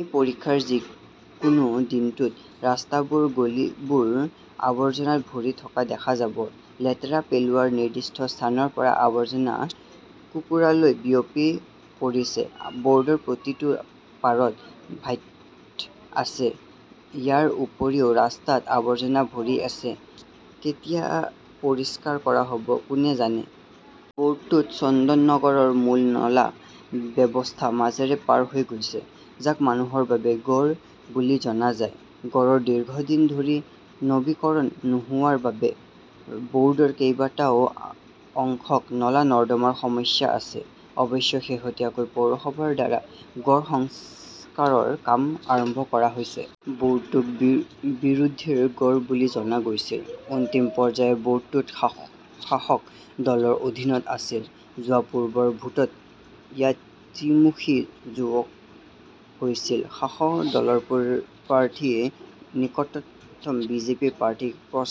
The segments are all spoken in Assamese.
এই পৰীক্ষাৰ যিকোনো দিনটোত, ৰাস্তাবোৰ, গলিবোৰ আৱৰ্জনাত ভৰি থকা দেখা যাব। লেতেৰা পেলোৱাৰ নিৰ্দিষ্ট স্থানৰ পৰা আৱৰ্জনা কুকুৰলৈ বিয়পি পৰিছে। ৱাৰ্ডৰ প্ৰতিটো পাৰত ভ্যাট আছে। ইয়াৰ উপৰিও ৰাস্তাত আৱৰ্জনা ভৰি আছে। কেতিয়া পৰিষ্কাৰ কৰা হব কোনে জানে! ৱৰ্ডটো চন্দননগৰৰ মূল নলা ব্যৱস্থাৰ মাজেৰে পাৰ হৈ গৈছে। যাক মানুহৰ বাবে গড় বুলি জনা যায়। গড়ৰ দীৰ্ঘদিন ধৰি নৱীকৰণ নোহোৱাৰ বাবে ৱৰ্ডৰ কেইবাটাও অংশত নলা-নৰ্দমাৰ সমস্যা আছে। অৱশ্যে, শেহতীয়াকৈ পৌৰসভাৰ দ্বাৰা গড় সংস্কাৰৰ কাম আৰম্ভ কৰা হৈছে। ৱৰ্ডটোক বিৰোধীৰ গড় বুলি জনা গৈছিল। অন্তিম পৰ্যায়ত ৱৰ্ডটো শাসক দলৰ অধীনত আছিল। যোৱা পূৰ্বৰ ভোটত ইয়াত ত্ৰিমুখী যুঁঅক হৈছিল। শাসক দলৰ প্ৰাৰ্থীয়ে নিকটতম বিজেপি প্ৰাৰ্থীক পৰ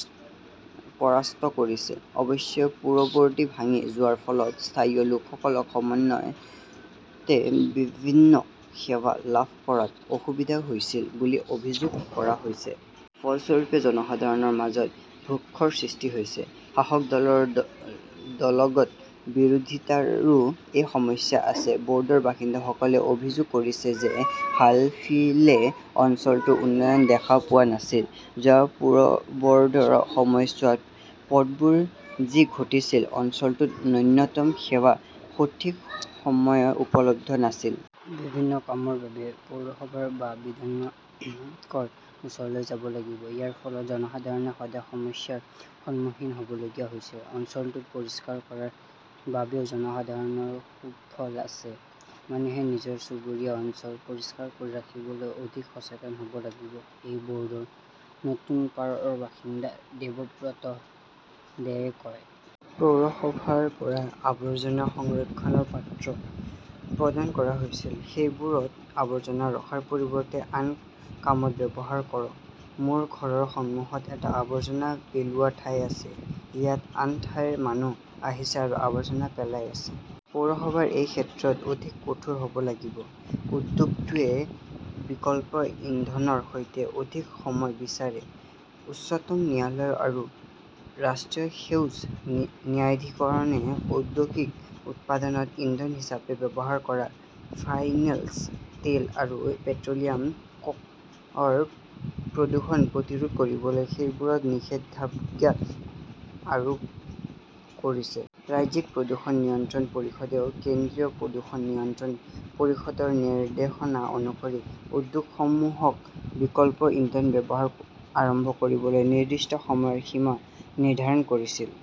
পৰাস্ত কৰিছিল। অৱশ্যে, পুৰবৰ্ড ভাঙি যোৱাৰ ফলত স্থানীয় লোকসকলক সময়মতে বিভিন্ন সেৱা লাভ কৰাত অসুবিধা হৈছিল বুলি অভিযোগ কৰা হৈছে। ফলস্বৰূপে, জনসাধাৰণৰ মাজত ভোক্ষৰ সৃষ্টি হৈছে। শাসক দলৰ দলগত বিৰোধিতাৰো এই সমস্যা আছে। ৱৰ্ডৰ বাসিন্দাসকলে অভিযোগ কৰিছে যে হালফিলে অঞ্চলটোৰ উন্নয়ন দেখা পোৱা নাছিল। যোৱা পুৰবৰ্ডৰ সময়ছোৱাত পথবোৰ যি ঘটিছিল। অঞ্চলটোত ন্যূনতম সেৱা সঠিক সময়ত উপলব্ধ নাছিল। বিভিন্ন কামৰ বাবে পৌৰসভা বা বিভিন্নকৰ ওচৰলৈ যাব লাগিব। ইয়াৰ ফলত জনসাধাৰণে সদায় সমস্যাৰ সন্মুখীন হ'বলগীয়া হৈছিল। অঞ্চলটো পৰিষ্কাৰ কৰাৰ বাবেও জনসাধাৰণৰ ক্ষোভ আছে। মানুহে নিজৰ চুবুৰীয়া অঞ্চল পৰিষ্কাৰ কৰি ৰাখিবলৈ অধিক সচেতন হ'ব লাগিব, এই ৱৰ্ডৰ নতুনপাৰাৰ বাসিন্দা দেৱব্ৰত দেয়ে কয়। পৌৰসভাৰ পৰা আৱৰ্জনা সংৰক্ষণৰ পাত্ৰ প্ৰদান কৰা হৈছিল। সেইবোৰত আৱৰ্জনা ৰখাৰ পৰিৱৰ্তে আন কামত ব্যৱহাৰ কৰক। মোৰ ঘৰৰ সন্মুখত এটা আৱৰ্জনা পেলোৱা ঠাই আছে। ইয়াত আন ঠাইৰ মানুহ আহিছে আৰু আৱৰ্জনা পেলাই আছে। পৌৰসভাই এই ক্ষেত্ৰত অধিক কঠোৰ হ'ব লাগিব। উদ্যোগটোৱে বিকল্প ইন্ধনৰ সৈতে অধিক সময় বিচাৰে, উচ্চতম ন্যায়ালয় আৰু ৰাষ্ট্ৰীয় সেউজ ন্যা ন্যায়াধিকৰণে ঔদ্যোগিক উৎপাদনত ইন্ধন হিচাপে ব্যৱহাৰ কৰা ফানিয়েৰ্চ তেল আৰু পেট্ৰ'লিয়াম কোক ৰ প্ৰদূষণ প্ৰতিৰোধ কৰিবলৈ সেইবোৰত নিষেধাজ্ঞা আৰোপ কৰিছিল। ৰাজ্যিক প্ৰদূষণ নিয়ন্ত্ৰণ পৰিষদেও কেন্দ্ৰীয় প্ৰদূষণ নিয়ন্ত্ৰণ পৰিষদৰ নিৰ্দেশনা অনুসৰি উদ্যোগসমূহক বিকল্প ইন্ধন ব্যৱহাৰ আৰম্ভ কৰিবলৈ নিৰ্দিষ্ট সময়ৰ সীমা নিৰ্ধাৰণ কৰিছিল।